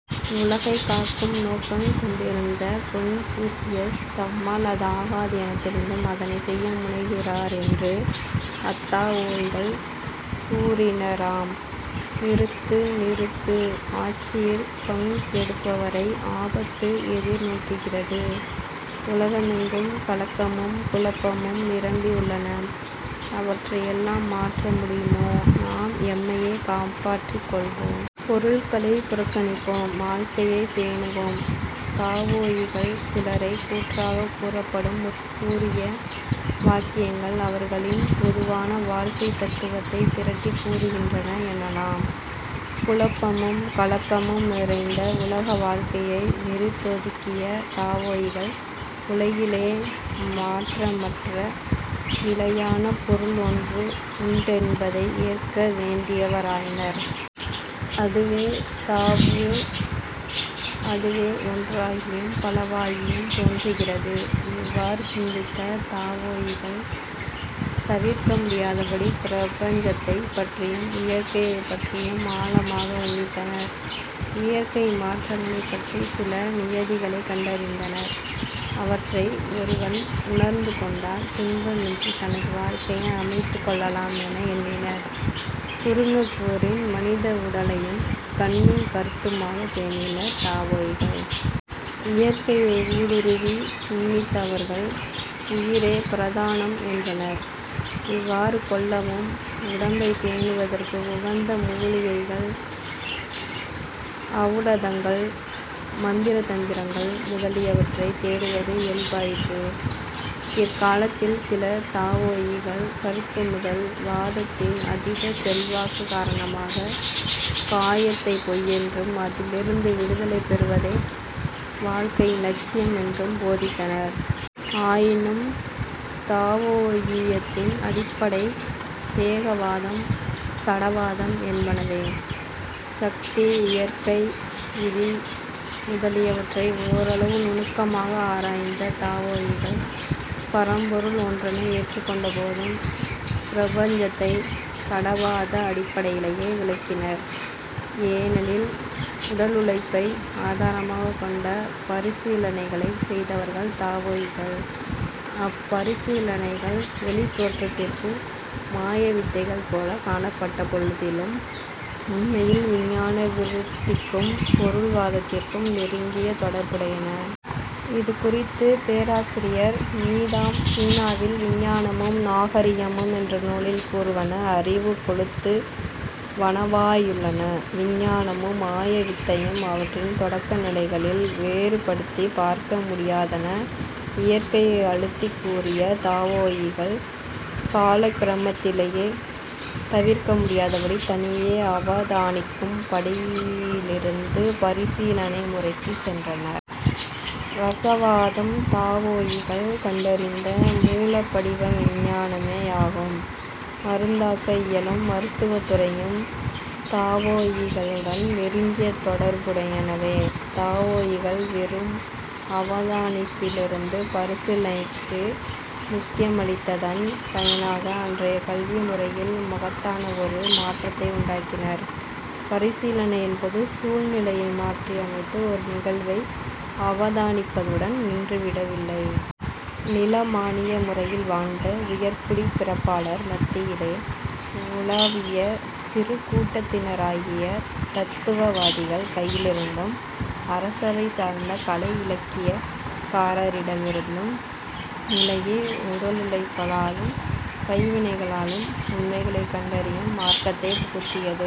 உலகைக் காக்கும் நோக்கங் கொண்டிருந்த கொன்பூசியஸ், தம்மால் அது ஆகாது எனத் தெரிந்தும், அதனைச் செய்ய முனைகிறார் என்று அத்தாவோயிகள் கூறினராம். "நிறுத்து! நிறுத்து! ஆட்சியிற் பங்கெடுப்பவரை ஆபத்து எதிர் நோக்குகிறது. உலகமெங்கும் கலக்கமும் குழப்பமும் நிரம்பி உள்ளன. அவற்றை எல்லாம் மாற்ற முடியுமோ? நாம் எம்மையே காப்பாற்றிக்கொள்வோம். பொருள்களைப் புறக்கணிப்போம்; வாழ்க்கையைப் பேணுவோம். " தாவோயிகள் சிலரது கூற்றாகக் கூறப்படும் முற்கூறிய வாக்கியங்கள் அவர்களின் பொதுவான வாழ்க்கைத் தத்துவத்தைத் திரட்டிக் கூறுகின்றன எனலாம். குழப்பமும் கலக்கமும் நிறைந்த உலக வாழ்கையை வெறுத்தொதுக்கிய தாவோயிகள் உலகிலே மாற்றமற்ற நிலையான பொருள் ஒன்று உண்டென்பதை ஏற்க வேண்டியவராயினர். அதுவே தாவோ. அதுவே ஒன்றாகியும் பலவாகியும் தோன்றுகிறது. இவ்வாறு சிந்தித்த தாவோயிகள் தவிர்க்க முடியாதபடி பிரபஞ்சத்தைப்பற்றியும் இயற்கையைப்பற்றியும் ஆழமாக உன்னித்தனர். இயற்கை மாற்றங்களைப் பற்றிச் சில நியதிகளைக் கண்டறிந்தனர். அவற்றை ஒருவன் உணர்ந்துகொண்டால் துன்பமின்றித் தனது வாழ்க்கையை அமைத்துக் கொள்ளலாம் என எண்ணினர். சுருங்கக்கூறின், மனித உடலையும் கண்ணுங் கருத்துமாகப் பேணினர் தாவோயிகள். இயற்கையை ஊடுருவி உன்னித்த அவர்கள் "உயிரே பிரதானம்" என்றனர். இவ்வாறு கொள்ளவும், உடம்பைப் பேணுவதற்கு உகந்த மூலிகைகள், ஔடதங்கள், மந்திரதந்திரங்கள் முதலியவற்றைத் தேடுவது இயல்பாயிற்று. பிற்காலத்தில் சில தாவோயிகள் கருத்து முதல் வாதத்தின் அதீத செல்வாக்குக் காரணமாகக் காயத்தை பொய்யென்றும், அதிலிருந்து விடுதலை பெறுவதே வாழ்க்கையின் இலட்சியம் என்றும் போதித்தனர். ஆயினும் தாவோயியத்தின் அடிப்படை தேகவாதம், சடவாதம் என்பனவே. சக்தி, இயற்கை விதி முதலியவற்றை ஓரளவு நுணுக்கமாக ஆராய்ந்த தாவோயிகள் பரம்பொருள் ஒன்றனை ஏற்றுக்கொண்டபோதும், பிரபஞ்சத்தைச் சடவாத அடிப்படையிலேயே விளக்கினர். ஏனெனில் உடலுழைப்பை ஆதாரமாகக் கொண்ட பரிசீலனைகளைச் செய்தவர்கள் தாவோயிகள். அப்பரிசீலனைகள் வௌித் தோற்றத்திற்கு மாயவித்தைகள்போலக் காணப்பட்டபொழுதிலும், உண்மையில் விஞ்ஞான விருத்திக்கும் பொருள்வாதத்திற்கும் நெருங்கிய தொடர்புடையன. இது குறித்துப் பேராசிரியர் நீதாம் சீனாவில் விஞ்ஞானமும் நாகரிகமும் என்ற நூலில் கூறுவன அறிவு கொளுத்து வனவாயுள்ளன:। "விஞ்ஞானமும் மாயவித்தையும் அவற்றின் தொடக்க நிலைகளில் வேறுபடுத்திப் பார்க்க முடியாதன. இயற்கையை அழுத்திக் கூறிய தாவோயிகள் காலக்கிரமத்திலே தவிர்க்கமுடியாதபடி தனியே அவதானிக்கும் படியிலிருந்து பரிசீலனை முறைக்குச் சென்றனர். இரசவாதம் தாவோயிகள் கண்டறிந்த மூலப்படிவ விஞ்ஞானமே யாகும். மருந்தாக்க இயலும் மருத்துவத் துறையும் தாவோயிகளுடன் நெருங்கிய தொடர்புடையனவே. தாவோயிகள் வெறும் அவதானிப்பிலிருந்து பரிசீலனைக்கு முக்கியமளித்ததன் பயனாக அன்றைய கல்வி முறையில் மகத்தானவொரு மாற்றத்தை உண்டாக்கினர். பரிசீலனை என்பது சூழ்நிலையை மாற்றியமைத்து ஒரு நிகழ்வை அவதானிப்பதுடன் நின்றுவிடவில்லை. நிலமானிய முறையில் வாழ்ந்த உயர்குடிப் பிறப்பாளர் மத்தியிலே உலாவிய சிறு கூட்டத்தினராகிய தத்துவவாதிகள் கையிலிருந்தும், அரசவை சார்ந்த கலை இலக்கிய காரரிடமிருந்தும், விலகி, உடலுழைப்பாலும் கைவினைகளாலும் உண்மைகளைக் கண்டறியும் மார்க்கத்தைப் புகுத்தியது.